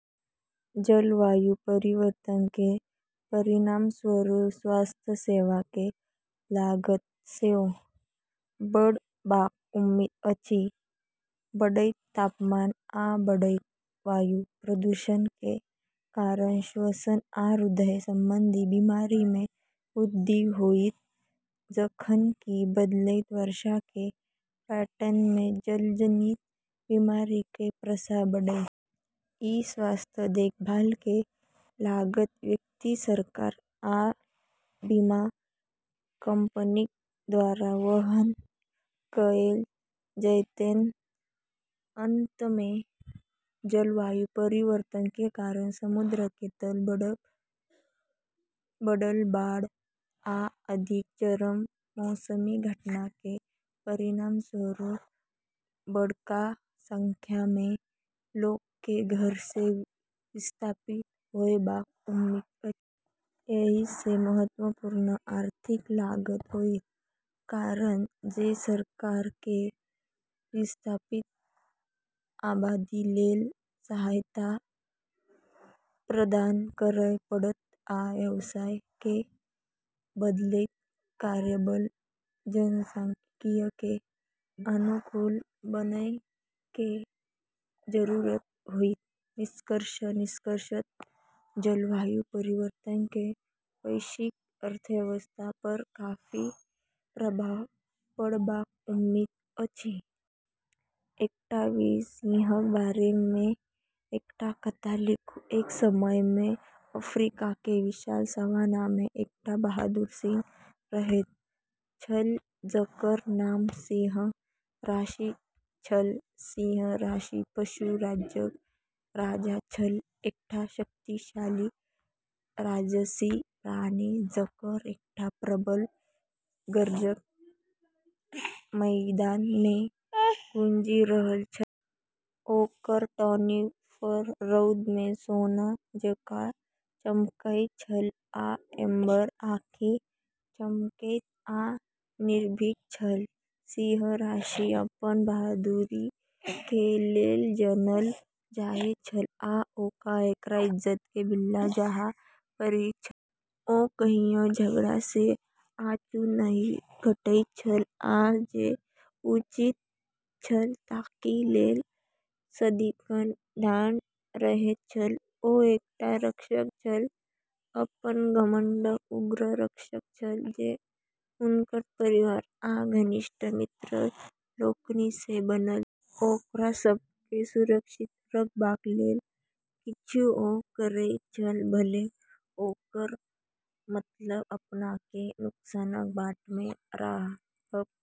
जलवायु परिवर्तन के परिणामस्वरूप स्वास्थ्य सेवा के लागत सेहो बढ़बाक उम्मीद अछि। बढ़ैत तापमान आ बढ़ैत वायु प्रदूषण के कारण श्वसन आ हृदय संबंधी बीमारी मे वृद्धि होइत, जखन कि बदलैत वर्षा के पैटर्न मे जलजनित बीमारी के प्रसार बढ़ैत। ई स्वास्थ्य देखभाल के लागत व्यक्ति, सरकार, आ बीमा कंपनीक द्वारा वहन कएल जेतैक। अंत मे, जलवायु परिवर्तन के कारण समुद्र के तल बढ़ब, बढ़ल बाढ़, आ अधिक चरम मौसमी घटना के परिणामस्वरूप बड़का संख्या मे लोग केँ घर सँ विस्थापित होयबाक उम्मीद अछि। एहि सँ महत्वपूर्ण आर्थिक लागत होइत, कारण जे सरकार केँ विस्थापित आबादी लेल सहायता प्रदान करय पड़त, आ व्यवसाय केँ बदलैत कार्यबल जनसांख्यिकीय के अनुकूल बनय के जरूरत होइत। निष्कर्ष निष्कर्षतः जलवायु परिवर्तन के वैश्विक अर्थव्यवस्था पर काफी प्रभाव पड़बाक उम्मीद अछि। एकटा वीर सिंहक बारे मे एकटा कथा लिखू। एक समय मे अफ्रीका के विशाल सवाना मे एकटा बहादुर सिंह रहैत छल, जकर नाम सिंह राशि छल। सिंह राशि पशु राज्यक राजा छल, एकटा शक्तिशाली, राजसी प्राणी, जकर एकटा प्रबल गर्जन मैदान मे गूँजि रहल छल। ओकर टॉनी फर रौद मे सोना जकाँ चमकैत छल आ एम्बर आँखि चमकैत आ निर्भीक छल। सिंह राशि अपन बहादुरी के लेल जानल जाइत छल, आ ओ एकरा इज्जत के बिल्ला जकाँ पहिरैत छल। ओ कहियो झगड़ा सँ पाछू नहि हटैत छल, आ जे उचित छल ताहि लेल सदिखन ठाढ़ रहैत छल। ओ एकटा रक्षक छल, अपन घमंडक उग्र रक्षक छल, जे हुनकर परिवार आ घनिष्ठ मित्र लोकनि सँ बनल छल। ओकरा सभ केँ सुरक्षित रखबाक लेल किछुओ करैत छल, भले ओकर मतलब अपनाकेँ नुकसानक बाट मे राखब हो।